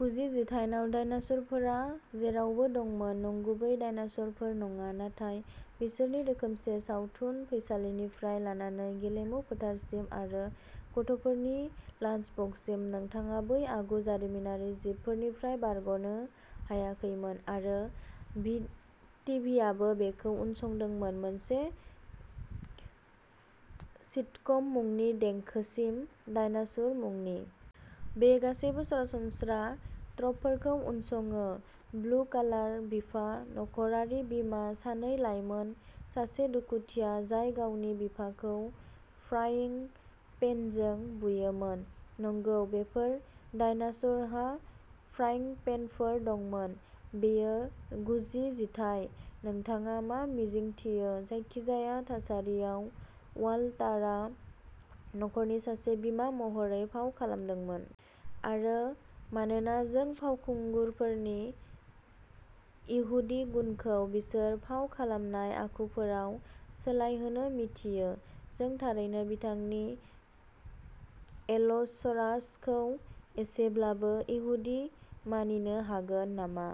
गुजि जिथाइयाव, डायनासुरफोरा जेरावबो दंमोन। नंगुबै डायनासुरफोर नङा। नाथाय बिसोरनि रोखोमसे सावथुन फैसालिनिफ्राय लानानै गेलेमु फोथारसिम आरो गथ'फोरनि लान्सबक्ससिम, नोंथाङा बै आगु जारिमिनारि जिबफोरनिफ्राय बारग'नो हायाखैमोन। आरो बिद टिभिआबो बेखौ उनसंदोंमोन। मोनसे सिटकम मुंनि देंखोसिम, डायनासुर‌ मुंनि। बेयो गासैबो सरासनस्रा ट्रपफोरखौ उनसङो। ब्लु कालार बिफा, न'खरारि बिमा, सानै लाइमोन, सासे खुदिया जाय गावनि बिफाखौ फ्राइं पेनजों बुयोमोन। नंगौ, बेफोर डायनासुरहा फ्राइं पेनफोर दंमोन। बेयो गुजि जिथाइ। नोंथाङा मा मिजिंथियो। जायखिजाया थासारियाव, वालटारा नखरनि सासे बिमा महरै फाव खालामदोंमोन। आरो मानोना जों फावखुंगुरफोरनि इहुदि गुनखौ बिसोर फाव खालामनाय आखुफोराव सोलायहोनो मिथियो। जों थारैनो बिथांनि एल'सोरासखौ एसेब्लाबो इहुदि मानिनो हागोन नामा?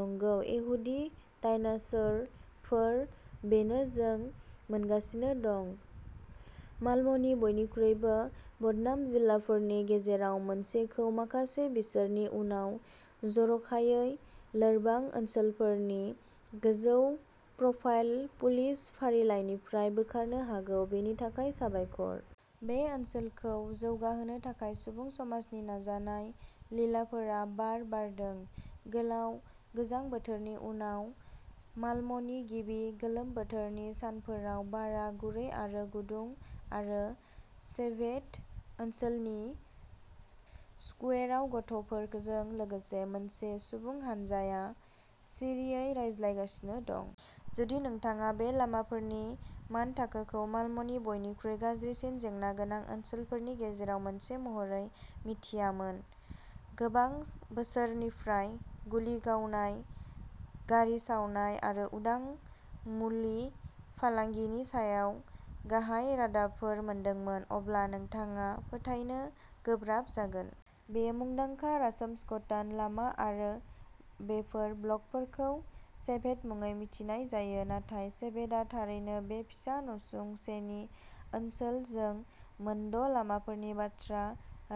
नंगौ। इहुदि डायनासोरफोर। बेनो जों मोनगासिनो दं। मालम'नि बयनिख्रुइबो बदनाम जिल्लाफोरनि गेजेराव मोनसेखौ माखासे बोसोरनि उनाव जर'खायै लोरबां ओनसोलफोरनि गोजौ प्रफाइल पुलिस फारिलाइनिफ्राय बोखारनो हागौ, बेनि थाखाय साबायखर। बे ओनसोलखौ जौगाहोनो थाखाय सुबुं समाजनि नाजानाय। लिलाफोरा बार बारदों। गोलाव गोजां बोथोरनि उनाव मालम'नि गिबि गोलोम बोथोरनि सानफोराव बारआ गुरै आरो गुदुं आरो सेभेद ओनसोलनि स्कुवेराव गथ'फोरजों लोगोसे मोनसे सुबुं हानजाया सिरियै रायज्लायगासिनो दं। जुदि नोंथाङा बे लामाफोरनि मान थाखोखौ मालम'नि बयनिख्रुइ गाज्रिसिन जेंना गोनां ओनसोलफोरनि गेजेराव मोनसे महरै मिनथियामोन। गोबां बोसोरनिफ्राय गुलि गावनाय, गारि सावनाय आरो उदां मुलि फालांगिनि सायाव गाहाय रादाबफोर मोनदोंमोन। अब्ला नोंथाङा फोथायनो गोब्राब जागोन। बेयो मुंदांखा रासमसगतान लामा आरो बेफोर ब्लकफोरखौ सेभेद मुङै मिथिनाय जायो, नाथाय सेभेदआ थारैनो बे फिसा नसुंसेनि ओनसोल, जों मोनद'लामाफोरनि बाथ्रा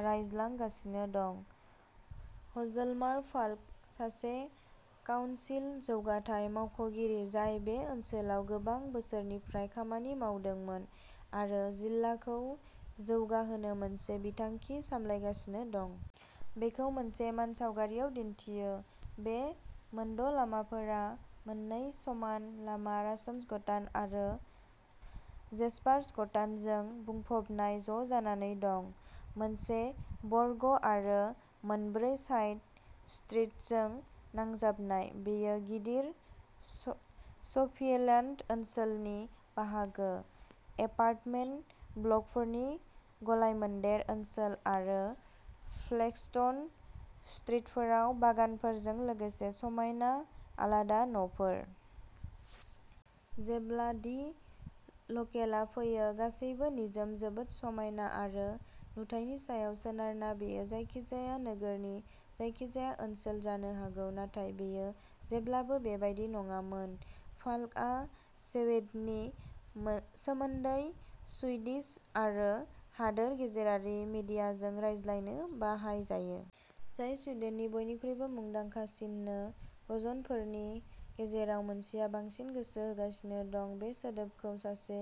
रायज्लांगासिनो दं। हजलमार फाल्क, सासे काउनसिल जौगाथाय मावख'गिरि जाय बे ओनसोलाव गोबां बोसोरनिफ्राय खामानि मावदोंमोन आरो जिल्लाखौ जौगाहोनो मोनसे बिथांखि सामलायगासिनो दं। बेखौ मोनसे मानसावगारियाव दिन्थियो। बे मोनद'लामाफोरा मोन्नै समान लामा रासमसगतान आरो जेस्पारसगतानजों बुंफबनाय‌ ज'जानानै दं। मोनसे बर्ग आरो मोनब्रै साइड स्ट्रिटजों नांजाबनाय। बेयो गिदिर सफियेलान्ड ओनसोलनि बाहागो, एपार्टमेन्ट ब्लकफोरनि गलायमोन्देर ओनसोल आरो फ्लेगस्टोन स्ट्रिटफोराव बागानफोरजों लोगोसे समायना, आलादा न'फोर। जेब्ला दि लकेलआ फैयो, गासैबो निजोम, जोबोद समायना, आरो नुथायनि सायाव सोनारना बेयो जायखिजाया नोगोरनि जायखिजाया ओनसोल जानो हागौ। नाथाय बेयो जेब्लाबो बेबादि नङामोन। फाल्कआ सेवेदनि सोमोन्दै सुइडिश आरो हादोर गेजेरारि मिडियाजों रायज्लायनो बाहायजायो। जाय सुइडेननि बयनिख्रुइबो मुंदांखासिन नो ग'जन फोरनि गेजेराव मोनसेयाव बांसिन गोसो होगासिनो दं। बे सोदोबखौ सासे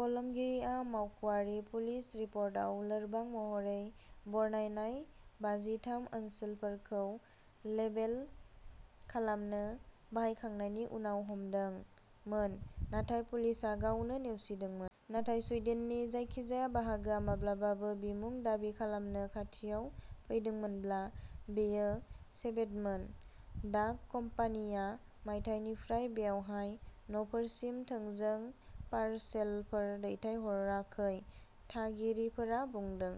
कलमगिरिआ मावख'आरि पुलिस रिपर्टआव लोरबां महरै बरनायनाय बाजि थाम ओनसोलफोरखौ लेबेल खालामनो बाहायखांनायनि उनाव हमदोंमोन। नाथाय पुलिसआ गावनो नेवसिदोंमोन। नाथाय सुइडेननि जायखिजाया बाहागोआ माब्लाबाबो बिमुं दाबि खालामनो खाथियाव फैदोंमोनब्ला, बेयो सेभेदमोन। डाक कम्पानिया मायथाइनिफ्राय बेवहाय न'फोरसिम थोंजों पारसेलफोर दैथायहराखै, थागिरिफोरा बुंदों।